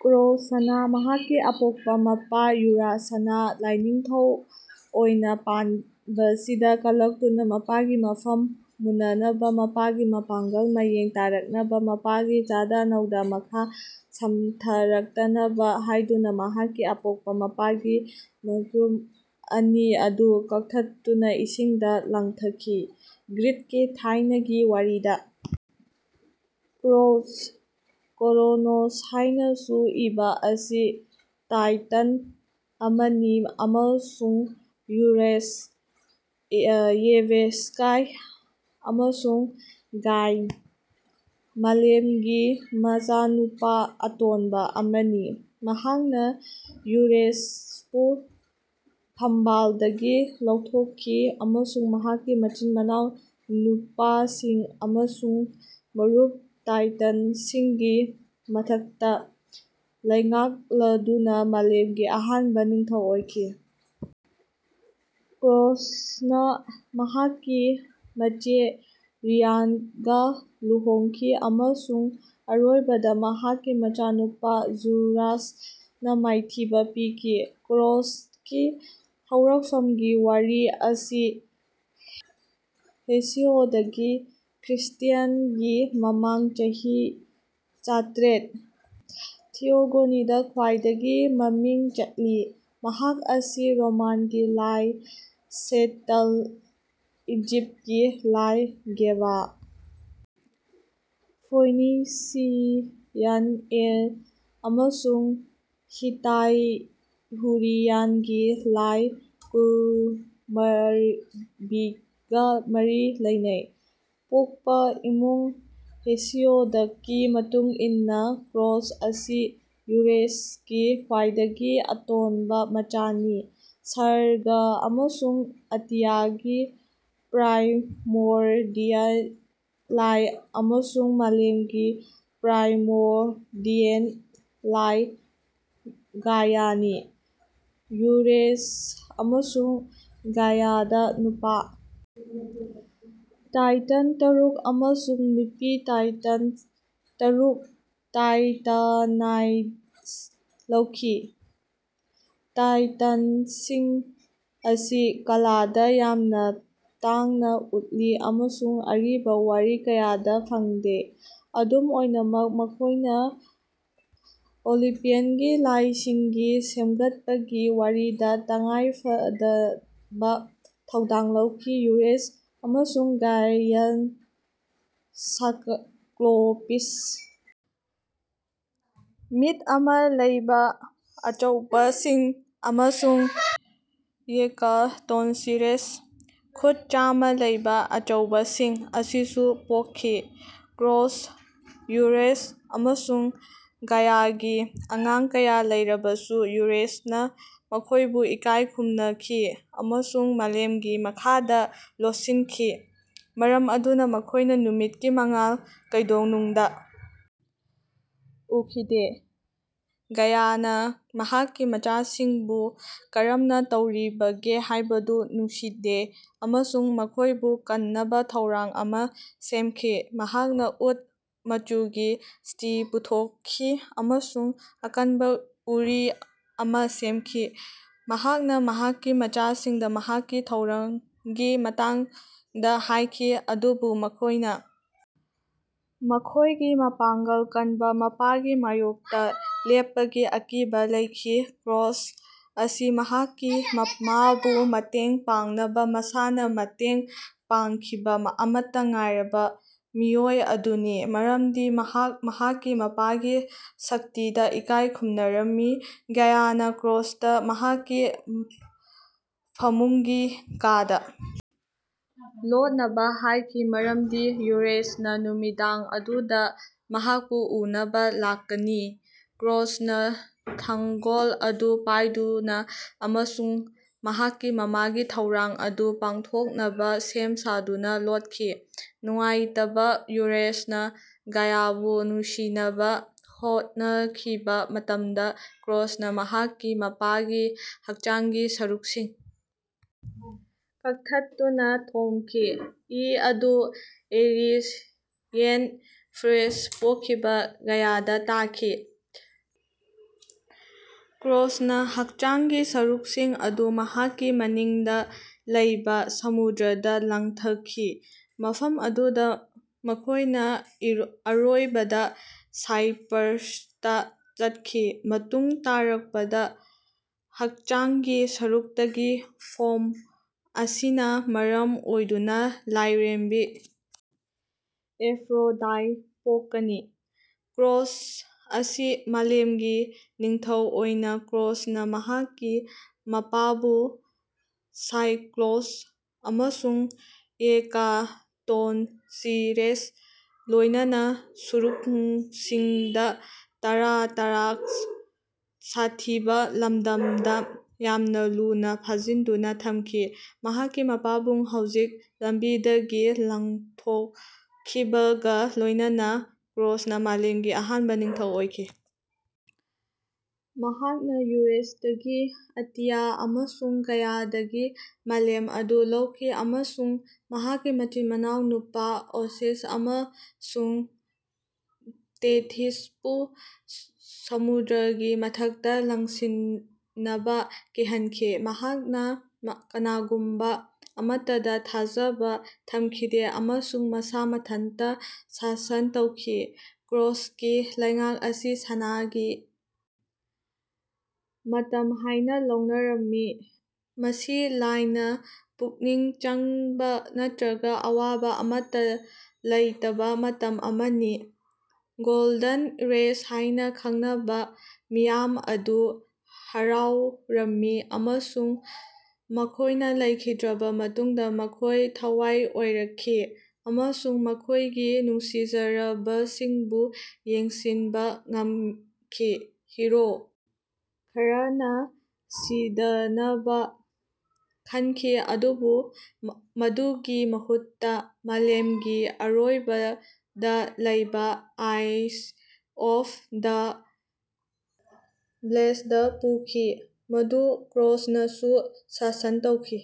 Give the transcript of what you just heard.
ꯀ꯭ꯔꯣꯅꯁꯅ ꯃꯍꯥꯛꯀꯤ ꯑꯄꯣꯛꯄ ꯃꯄꯥ ꯌꯨꯔꯥꯅꯁꯅ ꯂꯥꯢꯅꯤꯡꯊꯧ ꯑꯣꯢꯅ ꯄꯥꯟꯕꯁꯤꯗ ꯀꯂꯛꯇꯨꯅ ꯃꯄꯥꯒꯤ ꯃꯐꯝ ꯃꯨꯟꯅꯅꯕ ꯃꯄꯥꯒꯤ ꯃꯄꯥꯡꯒꯜ ꯃꯌꯦꯡ ꯇꯥꯔꯛꯅꯕ ꯃꯄꯥꯒꯤ ꯆꯥꯗꯥ-ꯅꯥꯎꯗꯥ ꯃꯈꯥ ꯁꯝꯊꯔꯛꯇꯅꯕ ꯍꯥꯢꯗꯨꯅ ꯃꯍꯥꯛꯀꯤ ꯑꯄꯣꯛꯄ ꯃꯄꯥꯒꯤ ꯃꯇꯨꯔꯨꯝ ꯑꯅꯤ ꯑꯗꯨ ꯀꯛꯊꯠꯇꯨꯅ ꯏꯁꯤꯡꯗ ꯂꯪꯊꯈꯤ꯫ ꯒ꯭ꯔꯤꯛꯀꯤ ꯊꯥꯏꯅꯒꯤ ꯋꯥꯔꯤꯗ, ꯀ꯭ꯔꯣꯁ (ꯀ꯭ꯔꯣꯅꯣꯁ ꯍꯥꯏꯅꯁꯨ ꯏꯕ) ꯑꯁꯤ ꯇꯥꯏꯇꯟ ꯑꯃꯅꯤ ꯑꯃꯁꯨꯡ ꯌꯨꯔꯦꯅꯁ (ꯍꯦꯚꯦꯟꯁ꯭ꯀꯥꯏ) ꯑꯃꯁꯨꯡ ꯒꯥꯏꯌꯥ (ꯃꯥꯂꯦꯝ)ꯒꯤ ꯃꯆꯥꯅꯨꯄꯥ ꯑꯇꯣꯟꯕ ꯑꯃꯅꯤ꯫ ꯃꯍꯥꯛꯅ ꯌꯨꯔꯦꯅꯁꯄꯨ ꯐꯝꯕꯥꯜꯗꯒꯤ ꯂꯧꯊꯣꯛꯈꯤ ꯑꯃꯁꯨꯡ ꯃꯍꯥꯛꯀꯤ ꯃꯆꯤꯟ-ꯃꯅꯥꯎ ꯅꯨꯄꯥꯁꯤꯡ ꯑꯃꯁꯨꯡ ꯃꯔꯨꯞ ꯇꯥꯏꯇꯟꯁꯤꯡꯒꯤ ꯃꯊꯛꯇ ꯂꯩꯉꯥꯛꯂꯗꯨꯅ ꯃꯥꯂꯦꯝꯒꯤ ꯑꯍꯥꯟꯕ ꯅꯤꯡꯊꯧ ꯑꯣꯏꯈꯤ꯫ ꯀ꯭ꯔꯣꯅꯁꯅ ꯃꯍꯥꯛꯀꯤ ꯃꯆꯦ ꯔꯤꯌꯥꯟꯒ ꯂꯨꯍꯣꯡꯈꯤ ꯑꯃꯁꯨꯡ ꯑꯔꯣꯏꯕꯗ ꯃꯍꯥꯛꯀꯤ ꯃꯆꯥꯅꯨꯄꯥ ꯖꯨꯔꯖꯅ ꯃꯥꯏꯊꯤꯕ ꯄꯤꯈꯤ꯫ ꯀ꯭ꯔꯣꯅꯁꯀꯤ ꯍꯧꯔꯛꯐꯝꯒꯤ ꯋꯥꯔꯤ ꯑꯁꯤ ꯍꯦꯁꯤꯑꯣꯗꯀꯤ (ꯈ꯭ꯔꯤꯁ꯭ꯇꯟꯒꯤ ꯃꯃꯥꯡ ꯆꯍꯤ ꯆꯥꯇ꯭ꯔꯦꯠ) ꯊꯤꯌꯣꯒꯣꯅꯤꯗ ꯈ꯭ꯋꯥꯏꯗꯒꯤ ꯃꯃꯤꯡ ꯆꯠꯂꯤ꯫ ꯃꯍꯥꯛ ꯑꯁꯤ ꯔꯣꯃꯥꯟꯒꯤ ꯂꯥꯏ ꯁꯦꯇꯟ, ꯏꯖꯤꯞꯀꯤ ꯂꯥꯏ ꯒꯦꯕ, ꯐꯣꯏꯅꯤꯁꯤꯌꯥꯟ ꯑꯦꯜ, ꯑꯃꯁꯨꯡ ꯍꯤꯠꯇꯥꯏꯍꯨꯔꯤꯌꯟꯒꯤ ꯂꯥꯏ ꯀꯨꯃꯥꯔꯕꯤꯒ ꯃꯔꯤ ꯂꯩꯅꯩ꯫ ꯄꯣꯛꯄ ꯏꯃꯨꯡ ꯍꯦꯁꯤꯌꯣꯗꯀꯤ ꯃꯇꯨꯡ ꯏꯟꯅ ꯀ꯭ꯔꯣꯁ ꯑꯁꯤ ꯌꯨꯔꯦꯅꯁꯀꯤ ꯈ꯭ꯋꯥꯏꯗꯒꯤ ꯑꯇꯣꯟꯕ ꯃꯆꯥꯅꯤ, ꯁꯔꯒ ꯑꯃꯁꯨꯡ ꯑꯇꯤꯌꯥꯒꯤ ꯄ꯭ꯔꯥꯏꯃꯣꯔꯗꯤꯌꯜ ꯂꯥꯏ, ꯑꯃꯁꯨꯡ ꯃꯥꯂꯦꯝꯒꯤ ꯄ꯭ꯔꯥꯏꯃꯣꯔꯗꯤꯌꯦꯜ ꯂꯥꯏ ꯒꯥꯏꯌꯥꯅꯤ꯫ ꯌꯨꯔꯦꯁ ꯑꯃꯁꯨꯡ ꯒꯥꯏꯌꯥꯗ ꯅꯨꯄꯥ ꯇꯥꯏꯇꯟ ꯇꯔꯨꯛ ꯑꯃꯁꯨꯡ ꯅꯨꯄꯤ ꯇꯥꯏꯇꯟꯁ ꯇꯔꯨꯛ (ꯇꯥꯏꯇꯥꯅꯥꯏꯗꯁ) ꯂꯩꯈꯤ꯫ ꯇꯥꯏꯇꯟꯁꯤꯡ ꯑꯁꯤ ꯀꯂꯥꯗ ꯌꯥꯝꯅ ꯇꯥꯡꯅ ꯎꯠꯂꯤ ꯑꯃꯁꯨꯡ ꯑꯔꯤꯕ ꯋꯥꯔꯤ ꯀꯌꯥꯗ ꯐꯪꯗꯦ꯫ ꯑꯗꯨꯝ ꯑꯣꯏꯅꯃꯛ ꯃꯈꯣꯏꯅ ꯑꯣꯂꯤꯝꯄꯤꯌꯟꯒꯤ ꯂꯥꯏꯁꯤꯡꯒꯤ ꯁꯦꯝꯒꯠꯄꯒꯤ ꯋꯥꯔꯤꯗ ꯇꯉꯥꯏꯐꯗꯕ ꯊꯧꯗꯥꯡ ꯂꯧꯈꯤ꯫ ꯌꯨꯔꯦꯁ ꯑꯃꯁꯨꯡ ꯒꯥꯏꯌꯥꯟ ꯁꯥꯏꯀ꯭ꯂꯣꯄꯤꯁ (ꯃꯤꯠ ꯑꯃ ꯂꯩꯕ ꯑꯆꯧꯕꯁꯤꯡ) ꯑꯃꯁꯨꯡ ꯍꯦꯀꯥꯇꯣꯟꯆꯤꯔꯦꯁ (ꯈꯨꯠ ꯆꯥꯝꯃ ꯂꯩꯕ ꯑꯆꯧꯕꯁꯤꯡ) ꯑꯁꯤꯁꯨ ꯄꯣꯛꯈꯤ꯫ ꯀ꯭ꯔꯣꯁ, ꯌꯨꯔꯦꯁ, ꯑꯃꯁꯨꯡ ꯒꯥꯏꯌꯥꯒꯤ ꯑꯉꯥꯡ ꯀꯌꯥ ꯂꯩꯔꯕꯁꯨ ꯌꯨꯔꯦꯁꯅ ꯃꯈꯣꯏꯕꯨ ꯏꯀꯥꯏ ꯈꯨꯝꯅꯈꯤ ꯑꯃꯁꯨꯡ ꯃꯥꯂꯦꯝꯒꯤ ꯃꯈꯥꯗ ꯂꯣꯠꯁꯤꯟꯈꯤ꯫ ꯃꯔꯝ ꯑꯗꯨꯅ ꯃꯈꯣꯏꯅ ꯅꯨꯃꯤꯠꯀꯤ ꯃꯉꯥꯜ ꯀꯩꯗꯧꯅꯨꯡꯗ ꯎꯈꯤꯗꯦ꯫ ꯒꯥꯏꯌꯥꯅ ꯃꯍꯥꯛꯀꯤ ꯃꯆꯥꯁꯤꯡꯕꯨ ꯀꯔꯝꯅ ꯇꯧꯔꯤꯕꯒꯦ ꯍꯥꯏꯕꯗꯨ ꯅꯨꯡꯁꯤꯗꯦ ꯑꯃꯁꯨꯡ ꯃꯈꯣꯏꯕꯨ ꯀꯟꯅꯕ ꯊꯧꯔꯥꯡ ꯑꯃ ꯁꯦꯝꯈꯤ꯫ ꯃꯍꯥꯛꯅ ꯎꯠ ꯃꯆꯨꯒꯤ ꯁ꯭ꯇꯤꯜ ꯄꯨꯊꯣꯛꯈꯤ ꯑꯃꯁꯨꯡ ꯑꯀꯟꯕ ꯎꯔꯤ ꯑꯃ ꯁꯦꯝꯈꯤ꯫ ꯃꯍꯥꯛꯅ ꯃꯍꯥꯛꯀꯤ ꯃꯆꯥꯁꯤꯡꯗ ꯃꯍꯥꯛꯀꯤ ꯊꯧꯔꯥꯡꯒꯤ ꯃꯇꯥꯡꯗ ꯍꯥꯏꯈꯤ, ꯑꯗꯨꯕꯨ ꯃꯈꯣꯏꯅ ꯃꯈꯣꯏꯒꯤ ꯃꯄꯥꯡꯒꯜ ꯀꯟꯕ ꯃꯄꯥꯒꯤ ꯃꯥꯌꯣꯛꯇ ꯂꯦꯞꯄꯒꯤ ꯑꯀꯤꯕ ꯂꯩꯈꯤ꯫ ꯀ꯭ꯔꯣꯁ ꯑꯁꯤ ꯃꯍꯥꯛꯀꯤ ꯃꯃꯥꯕꯨ ꯃꯇꯦꯡ ꯄꯥꯡꯅꯕ ꯃꯁꯥꯅ ꯃꯇꯦꯡ ꯄꯥꯡꯈꯤꯕ ꯑꯃꯠꯇ ꯉꯥꯏꯔꯕ ꯃꯤꯑꯣꯏ ꯑꯗꯨꯅꯤ, ꯃꯔꯝꯗꯤ ꯃꯍꯥꯛ ꯃꯍꯥꯛꯀꯤ ꯃꯄꯥꯒꯤ ꯁꯛꯇꯤꯗ ꯏꯀꯥꯏ ꯈꯨꯝꯅꯔꯝꯃꯤ꯫ ꯒꯥꯏꯌꯥꯅ ꯀ꯭ꯔꯣꯁꯇ ꯃꯍꯥꯛꯀꯤ ꯐꯃꯨꯡꯒꯤ ꯀꯥꯗ ꯂꯣꯠꯅꯕ ꯍꯥꯏꯈꯤ ꯃꯔꯝꯗꯤ ꯌꯨꯔꯦꯁꯅ ꯅꯨꯃꯤꯗꯥꯡ ꯑꯗꯨꯗ ꯃꯍꯥꯛꯄꯨ ꯎꯅꯕ ꯂꯥꯛꯀꯅꯤ꯫ ꯀ꯭ꯔꯣꯁꯅ ꯊꯥꯡꯒꯣꯜ ꯑꯗꯨ ꯄꯥꯏꯗꯨꯅ ꯑꯃꯁꯨꯡ ꯃꯍꯥꯛꯀꯤ ꯃꯃꯥꯒꯤ ꯊꯧꯔꯥꯡ ꯑꯗꯨ ꯄꯥꯡꯊꯣꯛꯅꯕ ꯁꯦꯝ ꯁꯥꯗꯨꯅ ꯂꯣꯠꯈꯤ꯫ ꯅꯨꯡꯉꯥꯏꯇꯕ ꯌꯨꯔꯦꯁꯅ ꯒꯥꯏꯌꯥꯕꯨ ꯅꯨꯡꯁꯤꯅꯕ ꯍꯣꯠꯅꯈꯤꯕ ꯃꯇꯝꯗ, ꯀ꯭ꯔꯣꯁꯅ ꯃꯍꯥꯛꯀꯤ ꯃꯄꯥꯒꯤ ꯍꯛꯆꯥꯡꯒꯤ ꯁꯔꯨꯛꯁꯤꯡ ꯀꯛꯊꯠꯇꯨꯅ ꯊꯣꯝꯈꯤ꯫ ꯏ ꯑꯗꯨ ꯑꯦꯔꯤꯁꯌꯦꯟ (ꯐ꯭ꯌꯨꯔꯦꯁ) ꯄꯣꯛꯈꯤꯕ ꯒꯥꯏꯌꯥꯗ ꯇꯥꯈꯤ꯫ ꯀ꯭ꯔꯣꯁꯅ ꯍꯛꯆꯥꯡꯒꯤ ꯁꯔꯨꯛꯁꯤꯡ ꯑꯗꯨ ꯃꯍꯥꯛꯀꯤ ꯃꯅꯤꯡꯗ ꯂꯩꯕ ꯁꯃꯨꯗ꯭ꯔꯗ ꯂꯪꯊꯈꯤ, ꯃꯐꯝ ꯑꯗꯨꯗ ꯃꯈꯣꯏꯅ ꯑꯔꯣꯏꯕꯗ ꯁꯥꯏꯄ꯭ꯔꯁꯇ ꯆꯠꯈꯤ꯫ ꯃꯇꯨꯡ ꯇꯥꯔꯛꯄꯗ ꯍꯛꯆꯥꯡꯒꯤ ꯁꯔꯨꯛꯇꯒꯤ ꯐꯣꯝ ꯑꯁꯤꯅ ꯃꯔꯝ ꯑꯣꯏꯗꯨꯅ ꯂꯥꯏꯔꯦꯝꯕꯤ ꯑꯦꯐ꯭ꯔꯣꯗꯥꯏꯠ ꯄꯣꯛꯀꯅꯤ꯫ ꯀ꯭ꯔꯣꯁ ꯑꯁꯤ ꯃꯥꯂꯦꯝꯒꯤ ꯅꯤꯡꯊꯧ ꯑꯣꯏꯅ ꯀ꯭ꯔꯣꯁꯅ ꯃꯍꯥꯛꯀꯤ ꯃꯄꯥꯕꯨ ꯁꯥꯏꯀ꯭ꯂꯣꯁ ꯑꯃꯁꯨꯡ ꯍꯦꯀꯥꯇꯣꯟꯁꯤꯔꯦꯁ ꯂꯣꯏꯅꯅ ꯁꯨꯔꯨꯡꯁꯤꯡꯗ ꯇꯥꯔꯇꯥꯔꯁ (ꯁꯥꯊꯤꯕ ꯂꯝꯗꯝ)ꯗ ꯌꯥꯝꯅ ꯂꯨꯅ ꯐꯥꯖꯤꯟꯗꯨꯅ ꯊꯝꯈꯤ꯫ ꯃꯍꯥꯛꯀꯤ ꯃꯄꯥꯕꯨꯡ ꯍꯧꯖꯤꯛ ꯂꯝꯕꯤꯗꯒꯤ ꯂꯥꯞꯊꯣꯛꯈꯤꯕꯒ ꯂꯣꯏꯅꯅ, ꯀ꯭ꯔꯣꯁꯅ ꯃꯥꯂꯦꯝꯒꯤ ꯑꯍꯥꯟꯕ ꯅꯤꯡꯊꯧ ꯑꯣꯏꯈꯤ꯫ ꯃꯍꯥꯛꯅ ꯌꯨꯔꯦꯁꯇꯒꯤ ꯑꯇꯤꯌꯥ ꯑꯃꯁꯨꯡ ꯒꯥꯏꯌꯥꯗꯒꯤ ꯃꯥꯂꯦꯝ ꯑꯗꯨ ꯂꯧꯈꯤ ꯑꯃꯁꯨꯡ ꯃꯍꯥꯛꯀꯤ ꯃꯆꯤꯟ-ꯃꯅꯥꯎ ꯅꯨꯄꯥ ꯑꯣꯁꯤꯁ ꯑꯃꯁꯨꯡ ꯇꯦꯊꯤꯁꯄꯨ ꯁꯃꯨꯗ꯭ꯔꯒꯤ ꯃꯊꯛꯇ ꯂꯥꯛꯁꯤꯟꯅꯕ ꯀꯤꯍꯟꯈꯤ꯫ ꯃꯍꯥꯛꯅ ꯀꯅꯥꯒꯨꯝꯕ ꯑꯃꯠꯇꯗ ꯊꯥꯖꯕ ꯊꯝꯈꯤꯗꯦ ꯑꯃꯁꯨꯡ ꯃꯁꯥ ꯃꯊꯟꯇ ꯁꯥꯁꯟ ꯇꯧꯈꯤ꯫ ꯀ꯭ꯔꯣꯁꯀꯤ ꯂꯩꯉꯥꯛ ꯑꯁꯤ ꯁꯅꯥꯒꯤ ꯃꯇꯝ ꯍꯥꯏꯅ ꯂꯧꯅꯔꯝꯃꯤ꯫ ꯃꯁꯤ ꯂꯥꯏꯅ ꯄꯨꯛꯅꯤꯡ ꯆꯪꯕ ꯅꯠꯇ꯭ꯔꯒ ꯑꯋꯥꯕ ꯑꯃꯠꯇ ꯂꯩꯇꯕ ꯃꯇꯝ ꯑꯃꯅꯤ꯫ ꯒꯣꯜꯗꯟ ꯔꯦꯁ ꯍꯥꯏꯅ ꯈꯪꯅꯕ ꯃꯤꯌꯥꯝ ꯑꯗꯨ ꯍꯔꯥꯎꯔꯝꯃꯤ ꯑꯃꯁꯨꯡ ꯃꯈꯣꯏꯅ ꯂꯩꯈꯤꯗ꯭ꯔꯕ ꯃꯇꯨꯡꯗ ꯃꯈꯣꯏ ꯊꯋꯥꯏ ꯑꯣꯏꯔꯛꯈꯤ ꯑꯃꯁꯨꯡ ꯃꯈꯣꯏꯒꯤ ꯅꯨꯡꯁꯤꯖꯔꯕꯁꯤꯡꯕꯨ ꯌꯦꯡꯁꯤꯟꯕ ꯉꯝꯈꯤ꯫ ꯍꯤꯔꯣ ꯈꯔꯅ ꯁꯤꯗꯅꯕ ꯈꯟꯈꯤ ꯑꯗꯨꯕꯨ ꯃꯗꯨꯒꯤ ꯃꯍꯨꯠꯇ ꯃꯥꯂꯦꯝꯒꯤ ꯑꯔꯣꯏꯕꯗ ꯂꯩꯕ ꯑꯥꯏꯜꯁ ꯑꯣꯐ ꯗ ꯕ꯭ꯂꯦꯁꯗ ꯄꯨꯈꯤ, ꯃꯗꯨ ꯀ꯭ꯔꯣꯁꯅꯁꯨ ꯁꯥꯁꯟ ꯇꯧꯈꯤ꯫